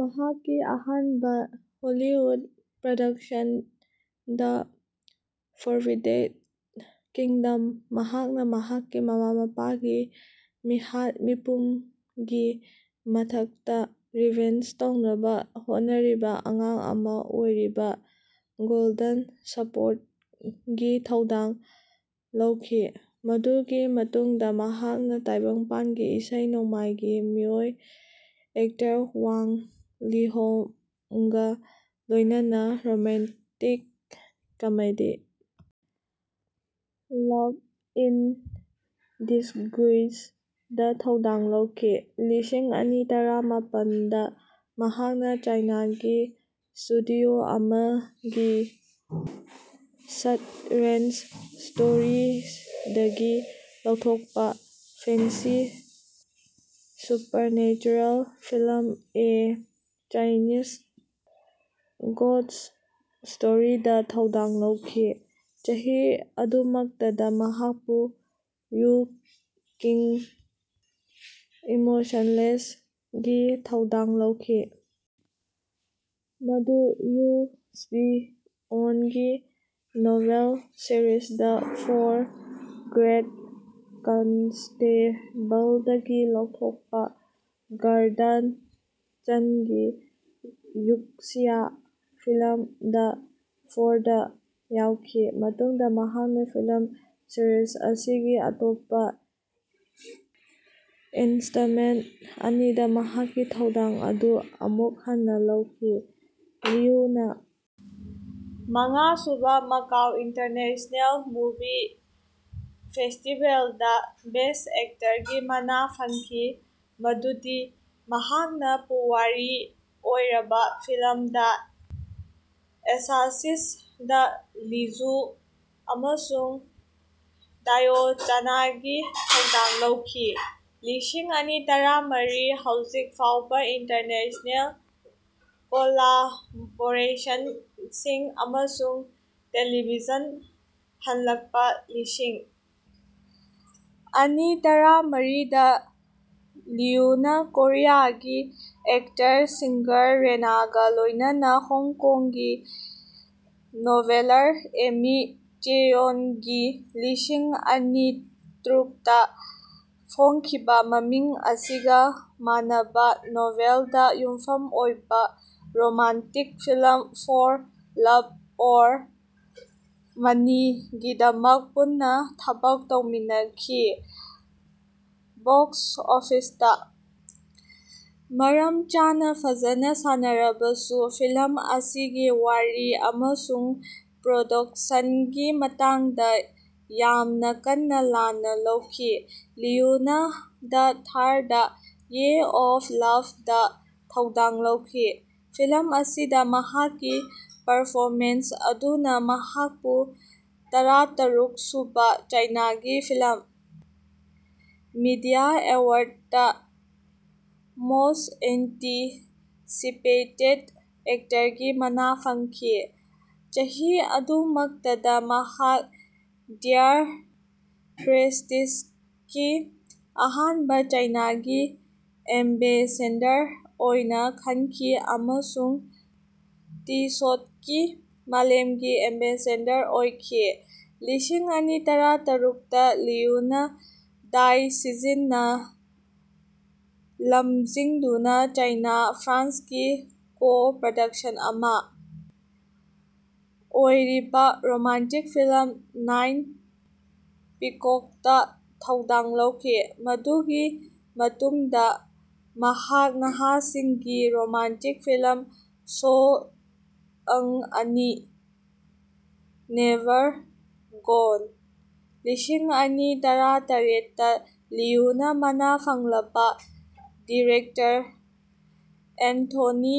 ꯃꯍꯥꯛꯀꯤ ꯑꯍꯥꯟꯕ Hollywood production, the forbidden kingdom. ꯃꯍꯥꯛꯅ ꯃꯍꯥꯛꯀꯤ ꯃꯃꯥ-ꯃꯄꯥꯒꯤ ꯃꯤꯍꯥꯠ-ꯃꯤꯄꯨꯟꯒꯤ ꯃꯊꯛꯇꯥ ꯔꯤꯚꯦꯟꯖ ꯇꯧꯅꯕ ꯍꯣꯠꯅꯔꯤꯕ ꯑꯉꯥꯡ ꯑꯃ ꯑꯣꯏꯔꯤꯕ ꯒꯣꯜꯗꯟ ꯁ꯭ꯄꯥꯔꯣꯒꯤ ꯊꯧꯗꯥꯡ ꯂꯧꯈꯤ꯫ ꯃꯗꯨꯒꯤ ꯃꯇꯨꯡꯗꯥ ꯃꯍꯥꯛꯅ ꯇꯥꯏꯕꯪꯄꯥꯟꯒꯤ ꯏꯁꯩ ꯅꯣꯡꯃꯥꯏꯒꯤ ꯃꯤꯑꯣꯏ-ꯑꯦꯛꯇꯔ ꯋꯥꯡ ꯂꯤꯍꯣꯃꯒꯥ ꯂꯣꯏꯅꯅ ꯔꯣꯃꯥꯟꯇꯤꯛ-ꯀꯃꯦꯗꯤ ꯂꯚ ꯏꯟ ꯗꯤꯁꯒꯨꯏꯁ ꯗꯥ ꯊꯧꯗꯥꯡ ꯂꯧꯈꯤ꯫ꯂꯤꯁꯤꯡ ꯑꯅꯤ ꯇꯔꯥꯃꯥꯄꯜꯗꯥ ꯃꯍꯥꯛꯅ ꯆꯥꯏꯅꯥꯒꯤ ꯁ꯭ꯇꯨꯗꯤꯑꯣ ꯑꯃꯗꯒꯤ ꯁ꯭ꯠꯔꯦꯟꯖ ꯁ꯭ꯇꯣꯔꯤꯖꯗꯒꯤ ꯂꯧꯊꯣꯛꯄ fantasy supernatural film a Chinese ghost ꯁ꯭ꯇꯣꯔꯤꯗꯥ ꯊꯧꯗꯥꯡ ꯂꯧꯈꯤ꯫ ꯆꯍꯤ ꯑꯗꯨꯃꯛꯇꯗꯥ ꯃꯍꯥꯛꯄꯨ ꯋꯨ ꯀꯤꯡ (ꯏꯃꯣꯁꯟꯂꯦꯁ) ꯒꯤ ꯊꯧꯗꯥꯡ ꯂꯧꯈꯤ, ꯃꯗꯨ ꯌꯨ ꯁ꯭ꯔꯤ ꯑꯣꯟꯒꯤ novel series the four great ꯀꯟꯁꯇꯦꯕꯜꯗꯒꯤ ꯂꯧꯊꯣꯛꯄꯥ ꯒꯔꯗꯟ ꯆꯟꯒꯤ ꯋꯨꯛꯁꯤꯌꯥ ꯐꯤꯜꯝ ꯗ ꯐꯣꯔꯗꯥ ꯌꯥꯎꯈꯤ꯫ ꯃꯇꯨꯡꯗꯥ ꯃꯍꯥꯛꯅ ꯐꯤꯜꯝ ꯁꯤꯔꯤꯖ ꯑꯁꯤꯒꯤ ꯑꯇꯣꯞꯄ ꯏꯟ꯭ꯁꯇꯥꯜꯃꯦꯟꯠ ꯑꯅꯤꯗꯥ ꯃꯍꯥꯛꯀꯤ ꯊꯧꯗꯥꯡ ꯑꯗꯨ ꯑꯃꯨꯛ ꯍꯟꯅ ꯂꯧꯈꯤ꯫ ꯂꯤꯌꯨꯅ ꯃꯉꯥꯁꯨꯕ ꯃꯥꯀꯥꯎ ꯏꯟꯇꯔꯅꯦꯁ꯭ꯅꯦꯜ ꯃꯨꯚꯤ ꯐꯦꯁ꯭ꯇꯤꯕꯦꯜꯗꯥ ꯕꯦꯁ꯭ꯠ ꯑꯦꯛꯇꯔꯒꯤ ꯃꯅꯥ ꯐꯪꯈꯤ ꯃꯗꯨꯗꯤ ꯃꯍꯥꯛꯅ ꯄꯨꯋꯥꯔꯤ ꯑꯣꯏꯔꯕ ꯐꯤꯜꯝ ꯗ ꯑꯦꯁꯥꯁꯤꯟꯁ ꯗꯥ ꯂꯤꯡꯖꯨ ꯑꯃꯁꯨꯡ ꯗꯥꯏꯑꯣꯆꯥꯅꯒꯤ ꯊꯧꯗꯥꯡ ꯂꯧꯈꯤ꯫ ꯂꯤꯁꯤꯡ ꯑꯅꯤ ꯇꯔꯥꯃꯔꯤ ꯍꯧꯖꯤꯛ ꯐꯥꯎꯕ ꯏꯟꯇꯔꯅꯦꯁ꯭ꯅꯦꯜ ꯀꯣꯂꯥꯕꯣꯔꯦꯁꯟꯁꯤꯡ ꯑꯃꯁꯨꯡ ꯇꯦꯂꯤꯚꯤꯖꯟ ꯍꯟꯂꯛꯄ ꯂꯤꯁꯤꯡ ꯑꯅꯤ ꯇꯔꯥꯃꯔꯤꯗꯥ ꯂꯤꯌꯨꯅ ꯀꯣꯔꯤꯌꯥꯒꯤ ꯑꯦꯛꯇꯔ-ꯁꯤꯡꯒꯔ ꯔꯦꯅꯒꯥ ꯂꯣꯏꯅꯅ ꯍꯣꯡꯀꯣꯡꯒꯤ ꯅꯣꯚꯦꯂꯔ ꯑꯦꯃꯤ ꯆꯦꯎꯪꯒꯤ ꯂꯤꯁꯤꯡ ꯑꯅꯤ ꯇꯔꯨꯛꯇꯥ ꯐꯣꯡꯈꯤꯕꯥ ꯃꯃꯤꯡ ꯑꯁꯤꯒꯥ ꯃꯥꯟꯅꯕ ꯅꯣꯚꯦꯜꯗꯥ ꯌꯨꯝꯐꯝ ꯑꯣꯏꯕ romantic film for love or money ꯒꯤꯗꯃꯛ ꯄꯨꯟꯅ ꯊꯕꯛ ꯇꯧꯃꯤꯟꯅꯈꯤ꯫ ꯕꯣꯛꯁ ꯑꯣꯐꯤꯁꯇꯥ ꯃꯔꯝ ꯆꯥꯅꯥ ꯐꯖꯅ ꯁꯥꯟꯅꯔꯕꯁꯨ ꯐꯤꯜꯝ ꯑꯁꯤꯒꯤ ꯋꯥꯔꯤ ꯑꯃꯁꯨꯡ ꯄ꯭ꯔꯣꯗꯛꯁꯟꯒꯤ ꯃꯇꯥꯡꯗꯥ ꯌꯥꯝꯅ ꯀꯟꯅ ꯂꯥꯟꯅ ꯂꯧꯈꯤ꯫ ꯂꯤꯌꯨꯅꯥ the third wave of love ꯗꯥ ꯊꯧꯗꯥꯡ ꯂꯧꯈꯤ꯫ ꯐꯤꯜꯝ ꯑꯁꯤꯗꯥ ꯃꯍꯥꯛꯀꯤ ꯄꯔꯐꯣꯃꯦꯟꯁ ꯑꯗꯨꯅꯥ ꯃꯍꯥꯛꯄꯨ ꯇꯔꯥꯇꯔꯨꯛ ꯁꯨꯕꯥ ꯆꯥꯏꯅꯥꯒꯤ ꯐꯤꯂꯝ ꯃꯤꯗꯤꯌꯥ ꯑꯦꯋꯥꯔꯗꯇꯥ ꯃꯣꯁ꯭ꯠ ꯑꯦꯟꯇꯤꯁꯤꯄꯦꯇꯦꯗ ꯑꯦꯛꯇꯔꯒꯤ ꯃꯅꯥ ꯐꯪꯈꯤ꯫ ꯆꯍꯤ ꯑꯗꯨꯃꯛꯇꯗꯥ ꯃꯍꯥꯛ ꯗꯤꯌꯔ ꯄ꯭ꯔꯦꯁ꯭ꯇꯤꯖꯒꯤ ꯑꯍꯥꯟꯕ ꯆꯥꯏꯅꯥꯒꯤ ꯑꯦꯝꯕꯦꯁꯦꯗꯔ ꯑꯣꯏꯅꯥ ꯈꯟꯈꯤ ꯑꯃꯁꯨꯡ ꯇꯤꯁꯣꯠꯀꯤ ꯃꯥꯂꯦꯝꯒꯤ ꯑꯦꯝꯕꯦꯁꯦꯗꯔ ꯑꯣꯏꯈꯤ꯫ ꯂꯤꯁꯤꯡ ꯑꯅꯤ ꯇꯔꯥꯇꯔꯨꯛꯇꯥ ꯂꯤꯌꯨꯅꯥ ꯗꯥꯏ ꯁꯤꯖꯤꯅꯥ ꯂꯝꯖꯤꯡꯗꯨꯅꯥ ꯆꯥꯏꯅꯥ -ꯐ꯭ꯔꯥꯟꯁꯀꯤ ꯀꯣ-ꯄ꯭ꯔꯗꯛꯁꯟ ꯑꯃꯥ ꯑꯣꯏꯔꯤꯕ ꯔꯣꯃꯥꯟꯇꯤꯛ ꯐꯤꯜꯝ ꯅꯥꯏꯠ ꯄꯤꯀꯣꯛꯇꯥ ꯊꯧꯗꯥꯡ ꯂꯧꯈꯤ꯫ ꯃꯗꯨꯒꯤ ꯃꯇꯨꯡꯗꯥ ꯃꯍꯥꯛ ꯅꯍꯥꯁꯤꯡꯒꯤ ꯔꯣꯃꯥꯟꯇꯤꯛ ꯐꯤꯜꯝ ꯁꯣ ꯌꯪ ꯑꯅꯤ: ꯅꯦꯚꯥꯔ ꯒꯣꯟ꯫ ꯂꯤꯁꯤꯡ ꯑꯅꯤ ꯇꯔꯥꯇꯔꯦꯠꯇꯥ ꯂꯤꯌꯨꯅꯥ ꯃꯅꯥ ꯐꯪꯂꯕ ꯗꯤꯔꯦꯛꯇꯔ ꯑꯦꯟꯊꯣꯅꯤ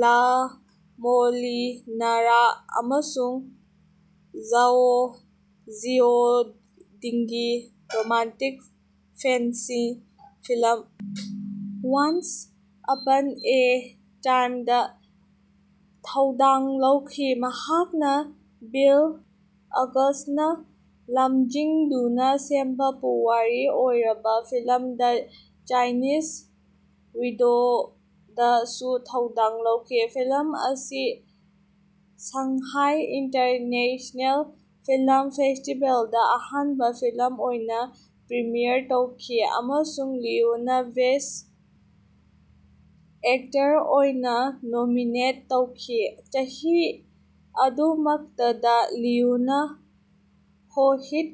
ꯂꯥꯃꯣꯂꯤꯅꯥꯔꯥ ꯑꯃꯁꯨꯡ ꯓꯥꯑꯣ ꯖꯤꯑꯣꯗꯤꯡꯒꯤ romantic fantasy film once upon a ꯇꯥꯏꯝꯗꯥ ꯊꯧꯗꯥꯡ ꯂꯧꯈꯤ꯫ ꯃꯍꯥꯛꯅ ꯕꯤꯜ ꯑꯣꯒꯁ꯭ꯇꯅꯥ ꯂꯝꯖꯤꯡꯗꯨꯅꯥ ꯁꯦꯝꯕꯥ ꯄꯨꯋꯥꯔꯤ ꯑꯣꯏꯔꯕ ꯐꯤꯜꯝ ꯗ ꯆꯥꯏꯅꯤꯖ ꯋꯤꯗꯣꯗꯥꯁꯨ ꯊꯧꯗꯥꯡ ꯂꯧꯈꯤ꯫ ꯐꯤꯜꯝ ꯑꯁꯤ ꯁꯥꯡꯍꯥꯏ ꯏꯟꯇꯔꯅꯦꯁ꯭ꯅꯦꯜ ꯐꯤꯜꯝ ꯐꯦꯁ꯭ꯇꯤꯕꯦꯜꯗꯥ ꯑꯍꯥꯟꯕ ꯐꯤꯜꯝ ꯑꯣꯏꯅꯥ ꯄ꯭ꯔꯤꯃꯤꯌꯔ ꯇꯧꯈꯤ, ꯑꯃꯁꯨꯡ ꯂꯤꯌꯨꯅꯥ ꯕꯦꯁ꯭ꯠ ꯑꯦꯛꯇꯔ ꯑꯣꯏꯅꯥ ꯅꯣꯃꯤꯅꯦꯠ ꯇꯧꯈꯤ꯫ ꯆꯍꯤ ꯑꯗꯨꯃꯛꯇꯗꯥ ꯂꯤꯌꯨꯅꯥ ꯍꯣꯌꯤꯠ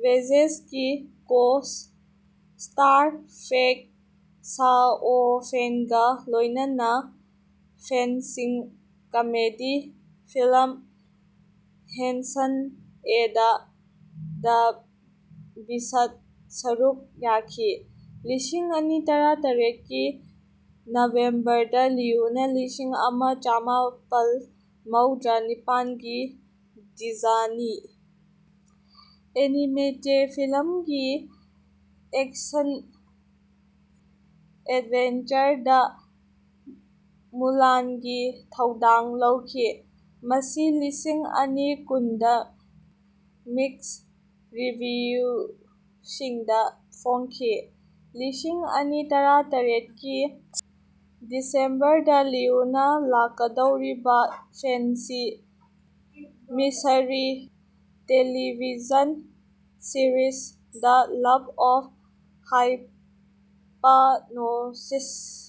ꯚꯦꯟꯖꯦꯟꯁꯀꯤ ꯀꯣ-ꯁ꯭ꯇꯥꯔ ꯐꯦꯡ ꯁꯥꯑꯣꯐꯦꯡꯒꯥ ꯂꯣꯏꯅꯅꯥ fantasy comedy film Hanson and the ꯕꯤꯁ꯭ꯠꯗ ꯁꯔꯨꯛ ꯌꯥꯈꯤ꯫ ꯂꯤꯁꯤꯡ ꯑꯅꯤ ꯇꯔꯥꯇꯔꯦꯠꯀꯤ ꯅꯣꯚꯦꯝꯕꯔꯗꯥ ꯂꯤꯌꯨꯅꯥ ꯂꯤꯁꯤꯡ ꯑꯃ ꯆꯥꯃꯥꯄꯜ ꯃꯧꯗꯔꯥ ꯅꯤꯄꯥꯟꯒꯤ ꯗꯤꯖꯅꯤ ꯑꯦꯅꯤꯃꯦꯇꯦꯗ ꯐꯤꯜꯝꯒꯤ ꯑꯦꯛꯁꯟ ꯑꯦꯗꯕꯦꯟꯆꯔꯗꯥ ꯃꯨꯂꯥꯟꯒꯤ ꯊꯧꯗꯥꯡ ꯂꯧꯈꯤ, ꯃꯁꯤ ꯂꯤꯁꯤꯡ ꯑꯅꯤ ꯀꯨꯟꯗꯥ ꯃꯤꯛꯁ ꯔꯤꯚꯤꯌꯨꯁꯤꯡꯗꯥ ꯐꯣꯡꯈꯤ꯫ ꯂꯤꯁꯤꯡ ꯑꯅꯤ ꯇꯔꯥꯇꯔꯦꯠꯀꯤ ꯗꯤꯁꯦꯝꯕꯔꯗꯥ ꯂꯤꯌꯨꯅꯥ ꯂꯥꯛꯀꯗꯧꯔꯤꯕꯥ fantasy mystery television series, the love of hypnosis.